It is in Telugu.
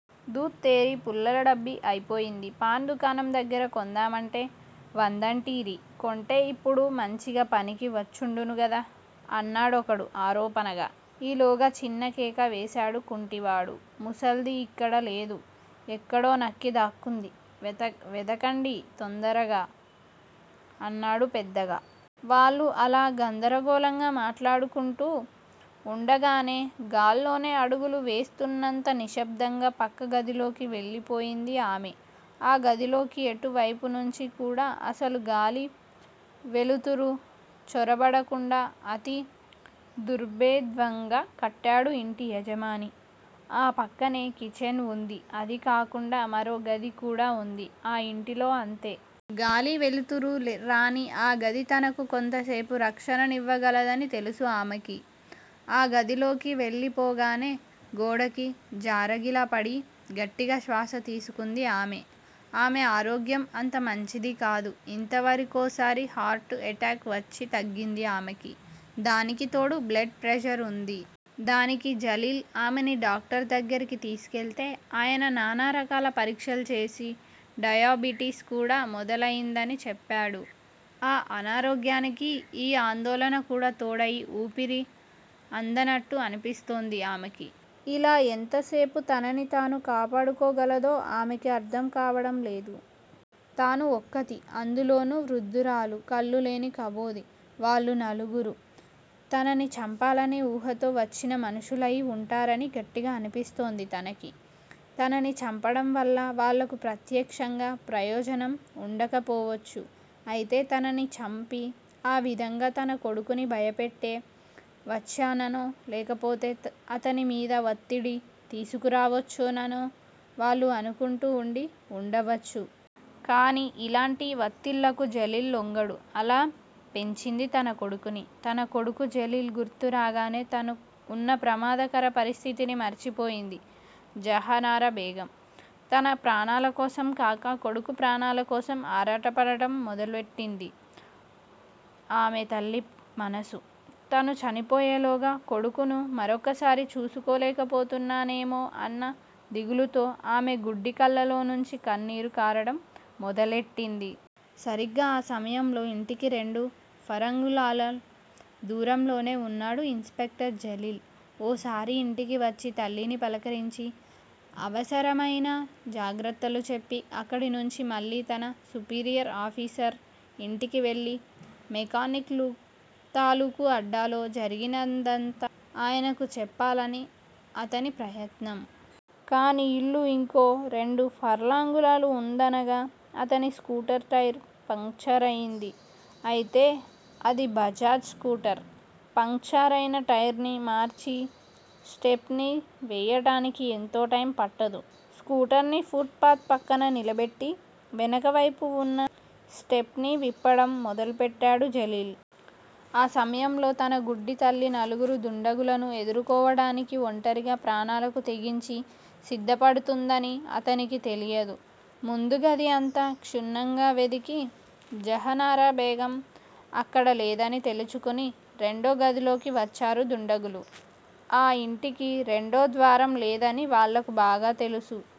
ధూత్తెరీ! పుల్లల డబ్బీ అయిపోయింది! పాన్ దుకాణం దగ్గర కొందామంటే వద్దంటిరి! కొంటే ఇప్పుడు మంచిగ పనికి వచ్చుండును గదా! అన్నాడొకడు ఆరోపణగా. ఈ లోగా చిన్న కేక వేశాడు కుంటివాడు ముసల్ది ఇక్కడ లేదు! ఎక్కడో నక్కి దాక్కుంది! వెదకండి! తొందరగా! అన్నాడు పెద్దగా. వాళ్ళు అలా గందరగోళంగా మాట్లాడుకుంటూ ఉండగానే గాల్లోనే అడుగులు వేస్తున్నంత నిశ్శబ్దంగా పక్క గదిలోకి వెళ్ళిపోయింది ఆమె. ఆ గదిలోకి ఎటు వైపునుంచీ కూడా అసలు గాలీ వెలుతురూ చొరబడకుండా అతి దుర్బేధ్యంగా కట్టాడు ఇంటి యజమాని. ఆపక్కనే కిచెన్ వుంది. అది కాకుండా మరో గది కూడా వుంది ఆ ఇంటిలో అంతే! గాలి వెలుతురూ రాని ఆ గది తనకు కొంతసేపు రక్షణనివ్వ గలదని తెలుసు ఆమెకి! ఆ గదిలోకి వెళ్ళిపోగానే గోడకి జారగిలబడి గట్టిగా శ్వాస తీసుకుంది ఆమె. ఆమె ఆరోగ్యం అంత మంచిది కాదు. ఇదివరకోసారి హార్టు ఎటాక్ వచ్చి తగ్గింది ఆమెకి. దానికి తోడు బ్లడ్ ప్రెషర్ వుంది. దానికి జలీల్ ఆమెని డాక్టర్ దగ్గరికి తీసుకెళ్తే అయన నానారకాల పరీక్షలు చేసి డయాబిటిస్ కూడా మొదలయిందని చెప్పాడు. ఆ అనారోగ్యానికి ఈ ఆందోళన కూడా తోడయి ఊపిరి అందనట్టు అనిపిస్తోంది ఆమెకి. ఇలా ఎంతసేపు తనని తాను కాపాడుకోగలదో ఆమెకి అర్ధం కావడం లేదు. తను ఒక్కతి. అందులోనూ వృద్దురాలు! కళ్ళులేని కబోది. వాళ్ళు నలుగురు! తనని చంపాలనే ఊహతో వచ్చిన మనుషులయి వుంటారని గట్టిగా అనిపిస్తోంది తనకి! తనని చంపడం వల్ల వాళ్ళకు ప్రత్యక్షంగా ప్రయోజనం వుండక పోవచ్చు. అయితే తనని చంపి ఆ విధంగా తన కొడుకుని భయపెట్ట వచ్చుననో లేకపోతే అతనిమీద వత్తిడి తీసుకురావచ్చుననో వాళ్ళు అనుకుంటూ ఉండి వుండవచ్చు. కానీ ఇలాంటి వత్తిళ్ళకు జలీల్ లొంగడు! అలా పెంచింది తన కొడుకుని! తన కొడుకు జలీల్ గుర్తు రాగానే తను ఉన్న ప్రమాదకర పరిస్థితిని మర్చిపోయింది జహనారా బేగం! తన ప్రాణాలకోసం కాక కొడుకు ప్రాణాలకోసం ఆరాటపడటం మొదలెట్టింది ఆమె తల్లి మనసు. తను చనిపోయేలోగా కొడుకుని మరొక్కసారి చూసుకోలేకపోతానేమో అన్న దిగులుతో ఆమె గుడ్డి కళ్ళలోనుంచి కన్నీరు కారడం మొదలెట్టింది. సరిగ్గా ఆ సమయంలో ఇంటికి రెండు ఫర్లాంగుల దూరంలోనే వున్నాడు ఇన్ స్పెక్టర్ జలీల్. ఓసారి ఇంటికి వచ్చి తల్లిని పలకరించి అవసరమయిన జాగ్రత్తలు చెప్పి అక్కడుంచి మళ్ళీ తన సుపీరియర్ ఆఫీసర్ ఇంటికి వెళ్ళి మెకానిక్ తాలూకు అడ్డాలో జరిగినదంతా ఆయనకు చెప్పాలని అతని ప్రయత్నం. కానీ ఇల్లు ఇంకో రెండు ఫర్లాంగులు ఉందనగా అతని స్కూటర్ టైరు పంక్చరయింది. అయితే అది బజాజ్ స్కూటర్. పంక్చరయిన టైరుని మార్చి స్టెప్నీ వెయ్యడానికి ఎంతో టైం పట్టదు. స్కూటర్ ని ఫుట్ పాత్ పక్కన నిలబెట్టి వెనకవైపు వున్న స్టెప్నీ విప్పడం మొదలుపెట్టాడు జలీల్. ఆ సమయంలో తన గుడ్డి తల్లి నలుగురు దుండగులను ఎదుర్కోవడానికి ఒంటరిగా ప్రాణాలకు తెగించి సిద్దపడుతుందని అతనికి తెలియదు! ముందుగది అంతా క్షుణ్ణంగా వెదికి జహనారా బేగం అక్కడ లేదని తేల్చుకుని రెండో గదిలోకి వచ్చారు దుండగులు. ఆ ఇంటికి రెండో ద్వారం లేదని వాళ్ళకు బాగా తెలుసు.